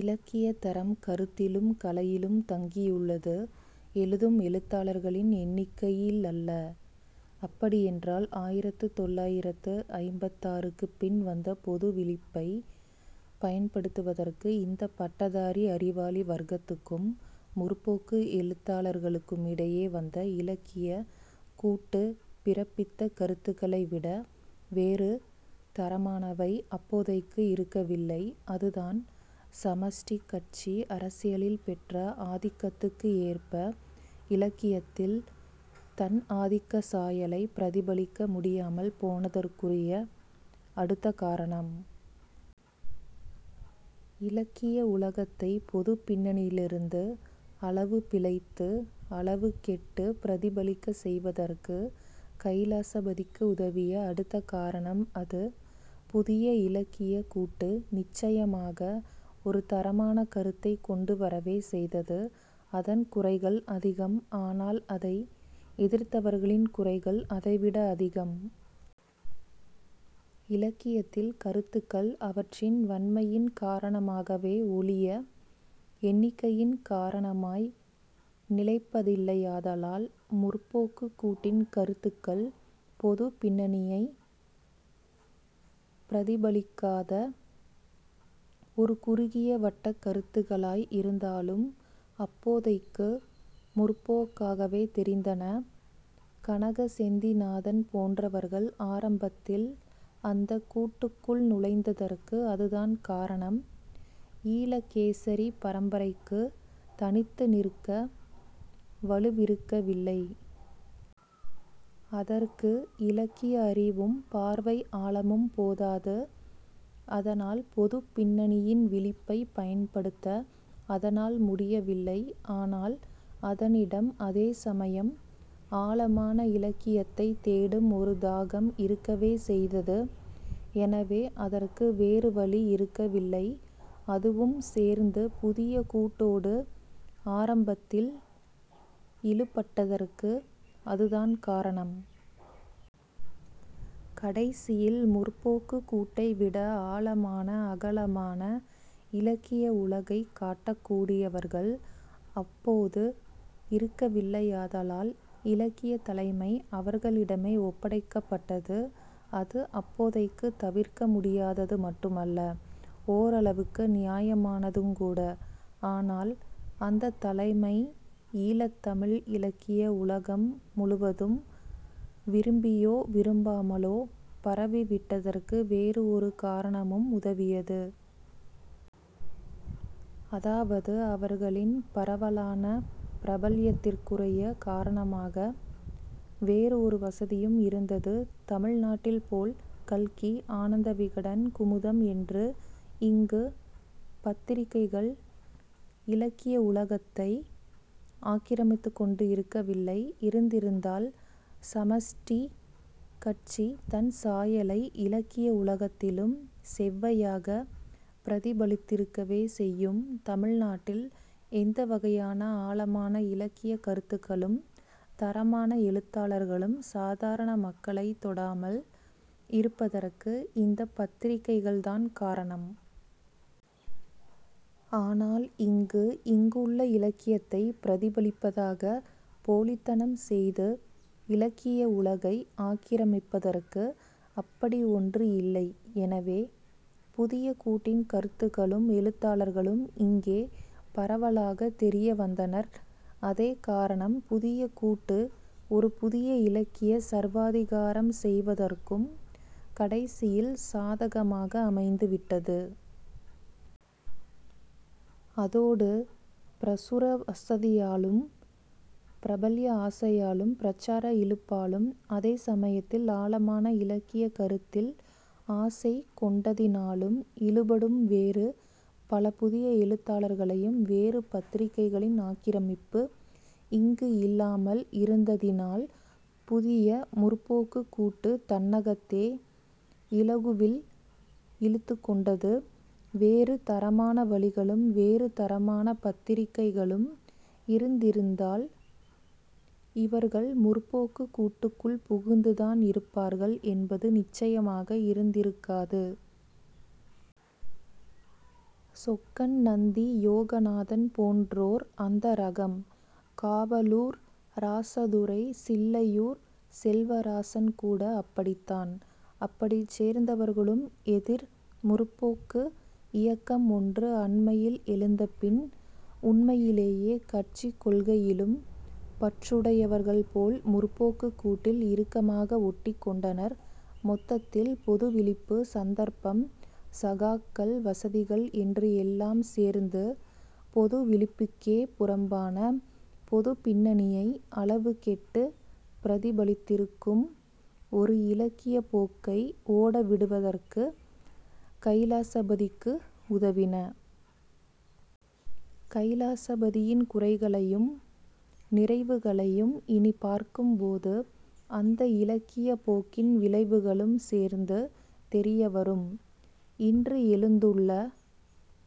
இலக்கியத் தரம் கருத்திலும் கலையிலும் தங்கியுள்ளது. எழுதும் எழுத்தாளர்களின் எண்ணிக்கையிலல்ல. அப்படியென்றால் ஆயிரத்துத் தொள்ளாயிரத்து ஐம்பத்தாறுக்குப் பின் வந்த பொது விழிப்பைப் பயன்படுத்துவதற்கு இந்தப் பட்டதாரி அறிவாளி வர்க்கத்துக்கும் 'முற்போக்கு' எழுத்தாளர்களுக்குமிடையே வந்த இலக்கியக் கூட்டு பிறப்பித்த கருத்துகளைவிட வேறு தரமானவை அப்போதைக்கு இருக்கவில்லை. அதுதான் சமஷ்டிக் கட்சி அரசியலில் பெற்ற ஆதிக்கத்துக்கு ஏற்ப இலக்கியத்தில் தன் ஆதிக்கச் சாயலைப் பிரதிபலிக்க முடியாமல் போனதற்குரிய அடுத்த காரணம். இலக்கிய உலகத்தைப் பொதுப் பின்னணியிலிருந்து, அளவுபிழைத்து அளவு கெட்டுப் பிரதிபலிக்கச் செய்வதற்கு கைலாசபதிக்கு உதவிய அடுத்த காரணம் அது. புதிய இலக்கியக் கூட்டு நிச்சயமாக ஒரு தரமான கருத்தைக் கொண்டு வரவே செய்தது. அதன் குறைகள் அதிகம். ஆனால், அதை எதிர்த்தவர்களின் குறைகள் அதைவிட அதிகம். இலக்கியத்தில் கருத்துகள் அவற்றின் வன்மையின் காரணமாகவே ஒழிய எண்ணிக்கையின் காரணமாய் நிலைப்பதில்லையாதலால் 'முற்போக்கு'க் கூட்டின் கருத்துகள் பொதுப் பின்னணியைப் பிரதிபலிக்காத ஒரு குறுகிய வட்டக் கருத்துகளாய் இருந்தாலும் அப்போதைக்கு முற்போக்காகவே தெரிந்தன. கனக செந்திநாதன் போன்றவர்கள் ஆரம்பத்தில் அந்தக் கூட்டுக்குள் நுழைந்ததற்கு அதுதான் காரணம். ஈழகேசரி பரம்பரைக்குத் தனித்து நிற்க வலுவிருக்கவில்லை. அதற்கு இலக்கிய அறிவும் பார்வை ஆழமும் போதாது. அதனால் பொதுப் பின்னணியின் விழிப்பைப் பயன்படுத்த அதனால் முடியவில்லை. ஆனால் அதனிடம் அதேசமயம் ஆழமான இலக்கியத்தைத் தேடும் ஒரு தாகம் இருக்கவே செய்தது. எனவே அதற்கு வேறு வழி இருக்கவில்லை. அதுவும் சேர்ந்து புதிய கூட்டோடு ஆரம்பத்தில் இழுபட்டதற்கு அதுதான் காரணம். கடைசியில் 'முற்போக்கு'க் கூட்டைவிட ஆழமான, அகலமான இலக்கிய உலகைக் காட்டக் கூடியவர்கள் அப்போது இருக்கவில்லையாதலால் இலக்கியத் தலைமை அவர்களிடமே ஒப்படைக்கப்பட்டது. அது அப்போதைக்குத் தவிர்க்க முடியாதது மட்டுமல்ல, ஓரளவுக்கு நியாயமானதுங்கூட. ஆனால் அந்தத் தலைமை ஈழத் தமிழ் இலக்கிய உலகம் முழுவதும் விரும்பியோ விரும்பாமலோ பரவிவிட்டதற்கு வேறு ஒரு காரணமும் உதவியது. அதாவது, அவர்களின் பரவலான பிரபல்யத்திற்குரிய காரணமாக வேறு ஒரு வசதியும் இருந்தது. தமிழ்நாட்டில்போல் கல்கி, ஆனந்தவிகடன், குமுதம் என்று இங்கு பத்திரிகைகள் இலக்கிய உலகத்தை ஆக்கிரமித்துக்கொண்டு இருக்கவில்லை, இருந்திருந்தால் சமஷ்டிக் கட்சி தன் சாயலை இலக்கிய உலகத்திலும் செவ்வையாகப் பிரதிபலித்திருக்கவே செய்யும். தமிழ்நாட்டில் எந்தவகையான ஆழமான இலக்கியக் கருத்துகளும் தரமான எழுத்தாளர்களும் சாதாரண மக்களைத் தொடாமல் இருப்பதற்கு இந்தப் பத்திரிகைகள்தான் காரணம். ஆனால் இங்கு, இங்குள்ள இலக்கியத்தைப் பிரதிபலிப்பதாகப் போலித்தனம் செய்து இலக்கிய உலகை ஆக்கிரமிப்பதற்கு அப்படி ஒன்று இல்லை. எனவே, புதிய கூட்டின் கருத்துகளும் எழுத்தாளர்களும் இங்கே பரவலாகத் தெரிய வந்தனர். அதே காரணம் புதிய கூட்டு ஒரு புதிய இலக்கியச் சர்வாதிகாரம் செய்வதற்கும் கடைசியில் சாதகமாக அமைந்துவிட்டது. அதோடு பிரசுர வசதியாலும் பிரபல்ய ஆசையாலும் பிரச்சார இழுப்பாலும் அதே சமயத்தில் ஆழமான இலக்கியக் கருத்தில் ஆசை கொண்டதினாலும் இழுபடும் வேறு பல புதிய எழுத்தாளர்களையும், வேறு பத்திரிகைகளின் ஆக்கிரமிப்பு இங்கு இல்லாமல் இருந்ததினால், புதிய 'முற்போக்கு'க் கூட்டு தன்னகத்தே இலகுவில் இழுத்துக்கொண்டது. வேறு தரமான வழிகளும் வேறு தரமான பத்திரிகைகளும் இருந்திருந்தால் இவர்கள் 'முற்போக்கு'க் கூட்டுக்குள் புகுந்துதான் இருப்பார்கள் என்பது நிச்சயமாக இருந்திருக்காது. சொக்கன், நந்தி, யோகநாதன் போன்றோர் அந்த ரகம். காவலூர் ராசதுரை, சில்லையூர் செல்வராசன்கூட அப்படித்தான். அப்படிச் சேர்ந்தவர்களும் எதிர் 'முற்போக்கு' இயக்கம் ஒன்று அண்மையில் எழுந்தபின் உண்மையிலேயே கட்சிக் கொள்கையிலும் பற்றுடையவர்கள்போல் 'முற்போக்கு'க் கூட்டில் இறுக்கமாக ஒட்டிக்கொண்டனர். மொத்தத்தில் பொதுவிழிப்பு, சந்தர்ப்பம், சகாக்கள், வசதிகள் என்று எல்லாம் சேர்ந்து பொது விழிப்புக்கே புறம்பான, பொதுப் பின்னணியை அளவு கெட்டுப் பிரதிபலித்திருக்கும் ஒரு இலக்கியப் போக்கை ஓடவிடுவதற்குக் கைலாசபதிக்கு உதவின. கைலாசபதியின் குறைகளையும் நிறைவுகளையும் இனிப் பார்க்கும்போது அந்த இலக்கியப் போக்கின் விளைவுகளும் சேர்ந்து தெரியவரும். இன்று எழுந்துள்ள